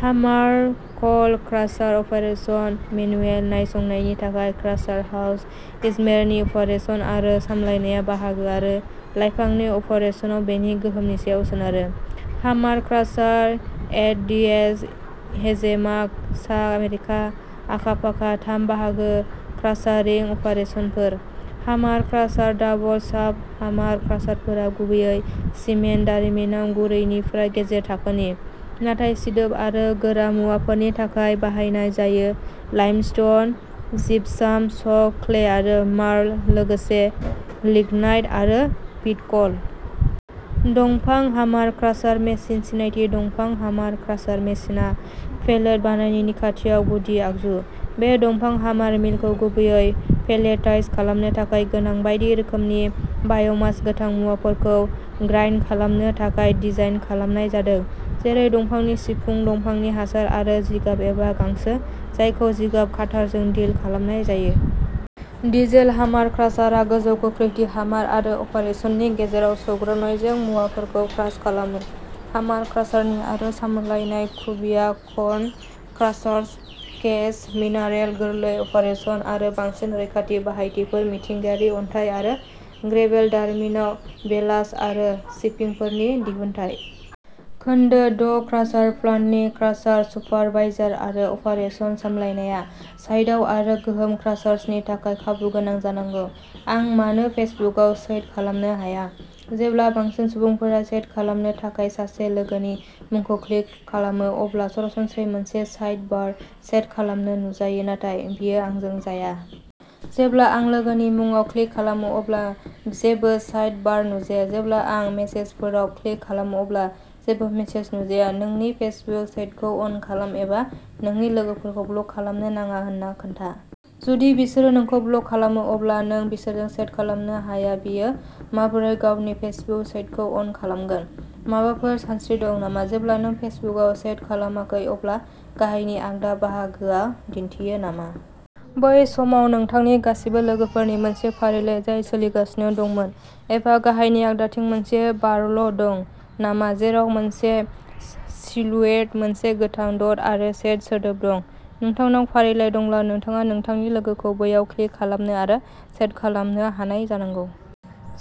Hammer coal crusher operation manual नायसंनायनि थाखाय crusher house इजमेरनि operation आरो सामलायनाया बाहागो आरो लाइफांनि अपारेसनाव बेनि गोहोमनि सायाव सोनारो। हामार क्रासार एडिएस हेजेमाग सा आमेरिका आखा-फाखा थाम बाहागो क्रासारिं अपारेसनफोर। हामार क्रासार डाबल-शाफ्ट हामार क्रासारफोरा गुबैयै सिमेन्ट दारिमिनाव गुरैनिफ्राय गेजेर थाखोनि, नाथाय सिदोब आरो गोरा मुवाफोरनि थाखाय बाहायनाय जायो लाइमस्टोन, जिपसाम, चक, क्ले आरो मार्ल, लोगोसे लिग्नाइट आरो पिट क'ल। दंफां हामार क्रासार मेसिन सिनायथि दंफां हामार क्रासार मेसिनआ पेलेट बानायनायनि खान्थियाव गुदि आगजु। बे दंफां हामार मिलखौ गुबैयै पेलेटाइज खालामनो थाखाय गोनां बायदि रोखोमनि बाय'मास गोथां मुवाफोरखौ ग्राइन्ड खालामनो थाखाय डिजाइन खालामनाय जादों, जेरै दंफांनि सिफुं, दंफांनि हासार, आरो जिगाब एबा गांसो जायखौ जिगाब काटारजों डिल खालामनाय जायो। डिजेल हामार क्रासार आ गोजौ गोख्रैथि हामार आरो अपारेसननि गेजेराव सौग्रावनायजों मुवाफोरखौ क्रास खालामो। हामार क्रासारनि आरो सामलायनाय कुब्रिया कन क्रासार्स केएच मिनारेल गोरलै अपारेसन आरो बांसिन रैखाथि। बाहायथिफोर मिथिंगायारि अन्थाइ आरो ग्रेभेल दारिमिनाव बेलास्ट आरो चिपिंफोरनि दिहुनथाय। खोन्दो द' क्रासार प्लान्टनि क्रासार सुपारभाइजार आरो अपारेशन्स सामलायनाया साइटआव आरो गोहोम क्रासार्स नि थाखाय खाबुगोनां जानांगौ। आं मानो फेसबुकआव चैट खालामनो हाया? जेब्ला बांसिन सुबुंफोरा चैट खालामनो थाखाय सासे लोगोनि मुंखौ क्लिक खालामो अब्ला सरासनस्रायै मोनसे साइड बार चैट खालामनो नुजायो नाथाय बेयो आंजों जाया। जेब्ला आं लोगोनि मुंआव क्लिक खालामो, अब्ला जेबो साइड बार नुजाया। जेब्ला आं मेसेजफोराव क्लिक खालामो अब्ला जेबो मेसेज नुजाया। नोंनि फेसबुक चैटखौ अन खालाम एबा नोंनि लोगोफोरखौ ब्लक खालामनो नाङा होनना खोन्था। जुदि बिसोरो नोंखौ ब्लक खालामो अब्ला नों बिसोरजों चैट खालामनो हाया बियो माबोरै गावनि फेसबुक चैटखौ अन खालामगोन? माबाफोर सानस्रि दं नामा? जेब्ला नों फेसबुकआवल' चैट खालामाखै, अब्ला गाहायनि आगदा बाहागोआ दिन्थियो नामा? बै समाव नोंथांनि गासिबो लोगोफोरनि मोनसे फारिलाइ जाय सोलिगासिनो दंमोन एबा गाहायनि आगदाथिं मोनसे बारल' दं नामा जेराव मोनसे सिलुएट, मोनसे गोथां द'ट आरो चैट सोदोब दं नोंथांनाव फारिलाइ दंब्ला, नोंथाङा नोंथांनि लोगोखौ बैयाव क्लिक खालामनो आरो चैट खालामनो हानाय जानांगौ।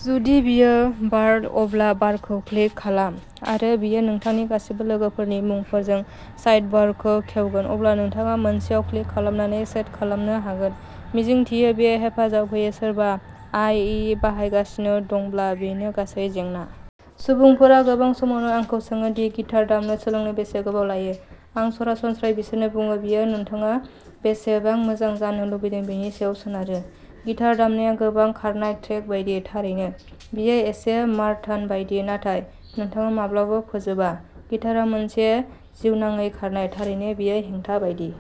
जुदि बेयो बारल अब्ला बारखौ क्लिक खालाम आरो बेयो नोंथांनि गासिबो लोगोफोरनि मुंफोरजों साइडबारखौ खेवगोन। अब्ला नोंथाङा मोनसेयाव क्लिक खालामनानै चैट खालामनो हागोन। मिजिंथियो बेयो हेफाजाब होयो। सोरबा आइ इ बाहायगासिनो दंब्ला, बेनो गासै जेंना। सुबुंफोरा गोबां समावनो आंखौ सोङो दि गिटार दामनो सोलोंनो बेसे गोबाव लायो। आं सरासनस्रायै बिसोरनो बुङो, बेयो नोंथाङा बेसेबां मोजां जानो लुबैदों बेनि सायाव सोनारो। गिटार दामनाया गोबां खारनाय ट्रेक बायदि। थारैनो। बेयो एसे मारथान बायदि, नाथाय नोंथाङा माब्लाबाबो फोजोबा। गिटारआ मोनसे जिउनाङै खारनाय। थारैनो बेयो हेंथा बायदि।